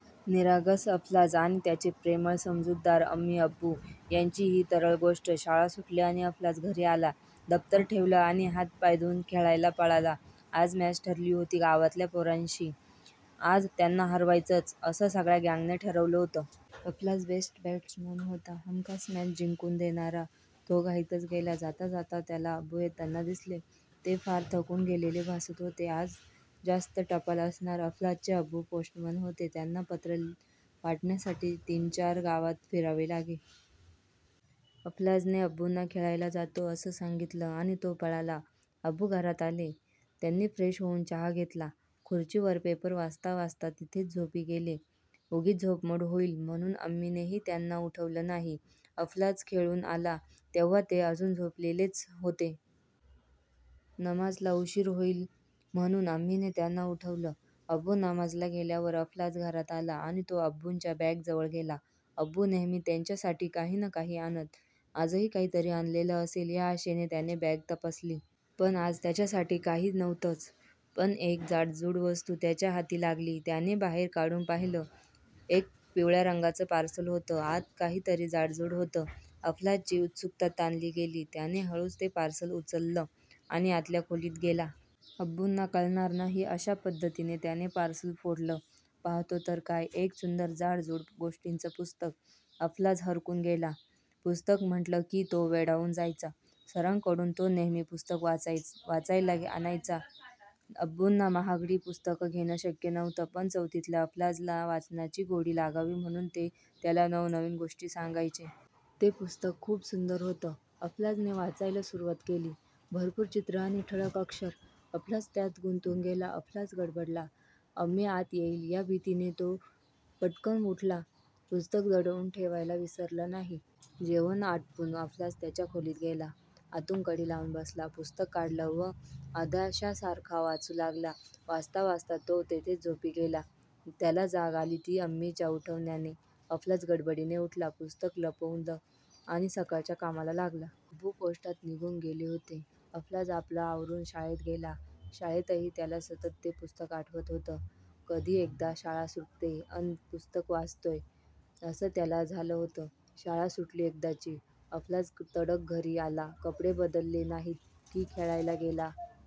निरागस अलफाज आणि त्याचे प्रेमळ व समजूतदार अम्मी-अब्बू यांची ही तरल गोष्ट- शाळा सुटली आणि अलफाज घरी आला. दप्तर ठेवलं आणि हात पाय धुऊन खेळायला पळाला. आज मॅच ठरली होती गावातल्या पोरांशी... आज त्यांना हरवायचंच, असं सगळ्या गॅंगने ठरवलं होतं. अलफाज बेस्ट बॅटसमन होता... हमखास मॅच जिंकून देणारा. तो घाईतच गेला. जाता जाता त्याला अब्बू येताना दिसले. ते पार थकून गेलेले भासत होते. आज जास्त टपाल असणार. अलफाजचे अब्बू पोस्टमन होते. त्यांना पत्र वाटण्यासाठी तीन-चार गावात फिरावं लागे. अलफाजने अब्बुना 'खेळायला जातो' असं सांगितलं आणि तो पळाला. अब्बू घरात आले. त्यांनी फ्रेश होऊन चहा घेतला. खुर्चीवर पेपर वाचता वाचता तिथेच झोपी गेले. उगीच झोपमोड होईल म्हणून अम्मीनेही त्यांना उठवलं नाही. अलफाज खेळून आला, तेव्हा ते अजून झोपलेलेच होते. नमाजला उशीर ओईल म्हणून अम्मीने त्यांना उठवलं. अब्बू नमाजला गेल्यावर अलफाज घरात आला आणि तो अब्बुंच्या बॅगेजवळ गेला. अब्बू नेहमी त्याच्यासाठी काही न काही आणत. आजही काहीतरी आणलेलं असेल या आशेने त्याने बॅग तपासली. पण आज त्याच्यासाठी काही नव्हतं. पण एक जाडजूड वस्तू त्याच्या हाती लागली. त्याने बाहेर काढून पाहिलं. एक पिवळ्या रंगाचं पार्सल होतं. आत काहीतरी जाडजूड होतं. अलफाजची उत्सुकता ताणली गेली. त्याने हळूच ते पार्सल उचललं आणि आतल्या खोलीत गेला. अब्बूंना कळणार नाही अशा पद्धतीने त्याने पार्सल फोडलं. पाहतो तर काय, एक सुंदर जाडजूड गोष्टींचं पुस्तक! अलफाज हरकून गेला. पुस्तक म्हटलं की तो वेडावून जायचा. सरांकडून तो नेहमी पुस्तकं वाचायला आणायचा. अब्बुंना महागडी पुस्तकं घेणं शक्य नव्हतं, पण चौथीतल्या अलफाजला वाचनाची गोडी लागावी, म्हणून ते त्याला नवनवीन गोष्टी सांगायचे. ते पुस्तक खूप सुंदर होतं. अलफाजने वाचायला सुरवात केली. भरपूर चित्रं आणि ठळक अक्षर! अलफाज त्यात गुंतून गेला. अलफाज गडबडला. अम्मी आत येईल या भीतीने तो पटकन उठला. पुस्तक दडवून ठेवायला विसरला नाही. जेवण आटोपून अलफाज त्याच्या खोलीत गेला. आतून कडी लावून बसला. पुस्तक काढलं व अधाश्यासारखा वाचू लागला. वाचता वाचता तो तिथेच झोपी गेला. त्याला जाग आली ते अम्मीच्या उठवन्याने. अलफाज गडबडीने उठला. पुस्तक लपवलं आणि सकाळच्या कामाला लागला. अब्बू पोस्टात निघून गेले होते. अलफाज आपलं आवरून शाळेत गेला. शाळेतही त्याला सतत ते पुस्तक आठवत होतं. कधी एकदा शाळा सुटतेय, अन पुस्तक वाचतोय, असं त्याला झालं होतं. शाळा सुटली एकदाची. अलफाज तडक घरी आला. कपडे बदलले नाहीत की खेळायला गेला